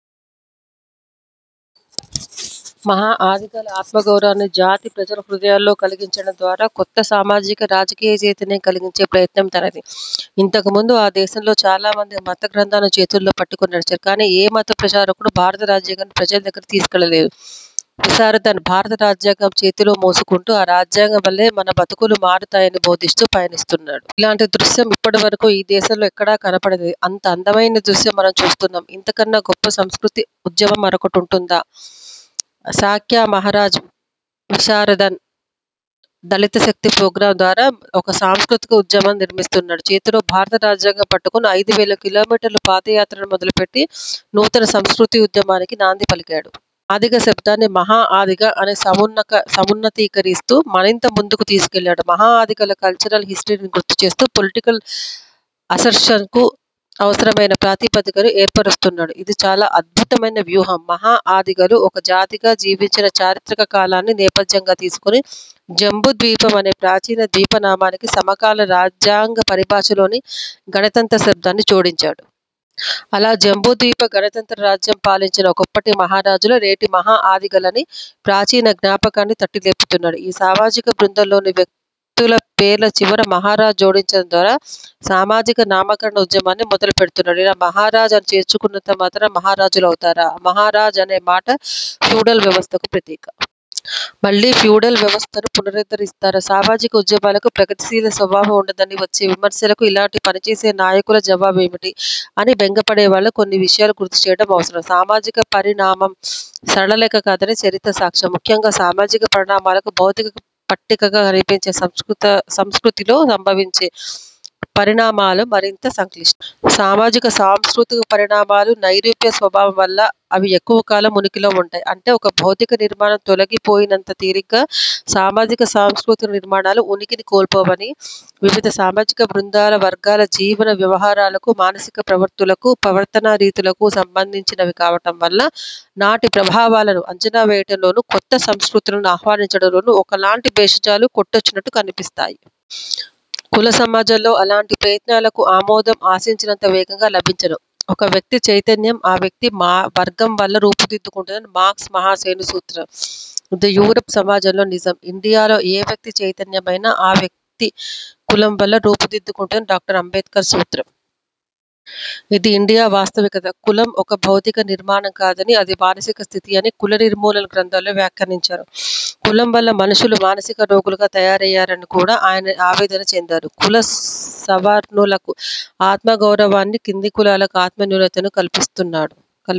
మహాఆదిగల ఆత్మగౌరవాన్ని జాతి ప్రజల హృదయాల్లో కలిగించటం ద్వారా కొత్త సామాజిక, రాజకీయ చైతన్యం కలిగించే ప్రయత్నం తనది. ఇంతకు ముందు ఆ దేశంలో చాలామంది మతగ్రంథాలను చేతుల్లో పట్టుకొని నడిచారు. కానీ, ఏ మత ప్రచారకుడూ భారత రాజ్యాంగాన్ని ప్రజల దగ్గరికి తీసుకెళ్లలేదు. విశారదన్ 'భారత రాజ్యాంగం' చేతిలో మోసుకుంటూ, ఆరాజ్యాంగం వల్లే మన బతుకులు మారుతాయని బోధిస్తూ పయనిస్తున్నాడు. ఇలాంటి దృశ్యం ఇప్పటి వరకూ ఈ దేశంలో ఎక్కడా కనపడనిది. ఇంత అందమైన దృశ్యం మనం చూస్తున్నాం. ఇంతకన్నా గొప్ప సంస్కృతీ ఉద్యమం మరొకటుందా? శాక్య మహారాజ్ విశారదన్ 'దళితశక్తి ప్రోగ్రాం' ద్వారా ఒక సాంస్కృతిక ఉద్యమం నిర్మిస్తున్నాడు. చేతిలో 'భారత రాజ్యాంగం' పట్టుకొని ఐదువేల కిలోమీటర్ల పాదయాత్రను మొదలుపెట్టి, నూతన సంస్కృతీ ఉద్యమానికి నాందీ పలికాడు. 'మాదిగ' శబ్దాన్ని 'మహాఆదిగ' అని సమున్నతీకరిస్తూ మరింత ముందుకు తీసుకెళ్లాడు. మహాఆదిగల కల్చ రల్ హిస్టరీని గుర్తుచేస్తూ, పొలిటికల్ అసెర్షన్కు అవసరమైన ప్రాతిపదికను ఏర్పరుస్తున్నాడు. ఇది చాలా అద్భుతమైన వ్యూహం. మహాఆదిగలు – ఒక జాతిగా జీవించిన చారిత్రక కాలాన్ని నేపథ్యంగా తీసుకొని, 'జంబూద్వీపం' అనే ప్రాచీన ద్వీపనామానికి సమకాలీన రాజ్యాంగ పరిభాషలోని 'గణతంత్ర' శబ్దాన్ని జోడించాడు. అలా 'జంబూద్వీప గణతంత్ర రాజ్యం' పాలించిన ఒకప్పటి 'మహారాజు'లే నేటి మహాఆదిగలని ప్రాచీన జ్ఞాపకాన్ని తట్టిలేపుతున్నాడు. ఈ సామాజిక బృందంలోని వ్యక్తుల పేర్ల చివర 'మహారాజ్' జోడించటం ద్వారా సామాజిక నామకరణ ఉద్యమాన్ని మొదలుపెడుతున్నాడు. ఇలా మహారాజ్ అని చేర్చుకున్నంత మాత్రాన మహారాజులవుతారా? మహారాజు అనే మాట ఫ్యూడల్ వ్యవస్థకు ప్రతీక. మళ్ళీ ఫ్యూడల్ వ్యవస్థను పునరుద్ధరిస్తారా? సామాజిక ఉద్యమాలకు ప్రగతిశీల స్వభావం వుండదని వచ్చే విమర్శలకు ఇలాంటి పనిచేసే నాయకుల జవాబేమిటి? అని బెంగపడేవాళ్లకు కొన్ని విషయాలు గుర్తుచేయటం అవసరం. సామాజిక పరిణామం సరళ రేఖ కాదని చరిత్ర సాక్ష్యం. ముఖ్యంగా సామాజిక పరిణామాలకు భౌతిక పట్టికగా కనిపించే సంస్కృతిలో సంభవించే పరిణామాలు మరింత సంక్లిష్టం. సామాజిక, సాంస్కృతిక పరిణామాలు నైరూప్య స్వభావం వల్ల అవి ఎక్కువ కాలం ఉనికిలో వుంటాయి. అంటే, ఒక భౌతిక నిర్మాణం తొలగిపోయినంత తేలిగ్గా, సామాజిక సాంస్కృతిక నిర్మాణాలు ఉనికిని కోల్పోవని. వివిధ సామాజిక బృందాల, వర్గాల జీవన వ్యవహారాలకూ, మానసిక ప్రవృత్తులకూ, ప్రవర్తనా రీతులకూ సంబంధించినవి కావటం వల్ల నాటి ప్రభావాలను అంచనా వేయటంలోనూ కొత్త సంస్కృతులను ఆహ్వానించటంలోనూ ఒకలాంటి బేషజాలు కొట్టొచ్చినట్టు కనిపిస్తాయి. కుల సమాజంలో అలాంటి ప్రయత్నాలకు ఆమోదం ఆశించినంత వేగంగా లభించదు. ఒక వ్యక్తి చైతన్యం ఆ వ్యక్తి వర్గం వల్ల రూపుదిద్దుకుంటుందని మార్క్స్ మహాశయుని సూత్రం. ఇది యూరప్ సమాజంలో నిజం. ఇండియాలో ఏ వ్యక్తి చైతన్యమైనా, ఆ వ్యక్తి కులం వల్ల రూపుదిద్దుకుంటుందని డాక్టర్ అంబేడ్కర్ సూత్రం. ఇది ఇండియా వాస్తవికత. కులం ఒక భౌతిక నిర్మాణం కాదనీ, అది మానసిక స్థితి అని 'కుల నిర్మూలన' గ్రంథంలో వ్యాఖ్యానించారు. కులం వల్ల మనుషులు మానసిక రోగులుగా తయారయ్యారని కూడా ఆయన ఆవేదన చెందారు. కులం సవర్ణులకు ఆత్మగౌరవాన్నీ, కింది కులాలకు ఆత్మన్యూనతను కల్పిస్తుందన్నాడు.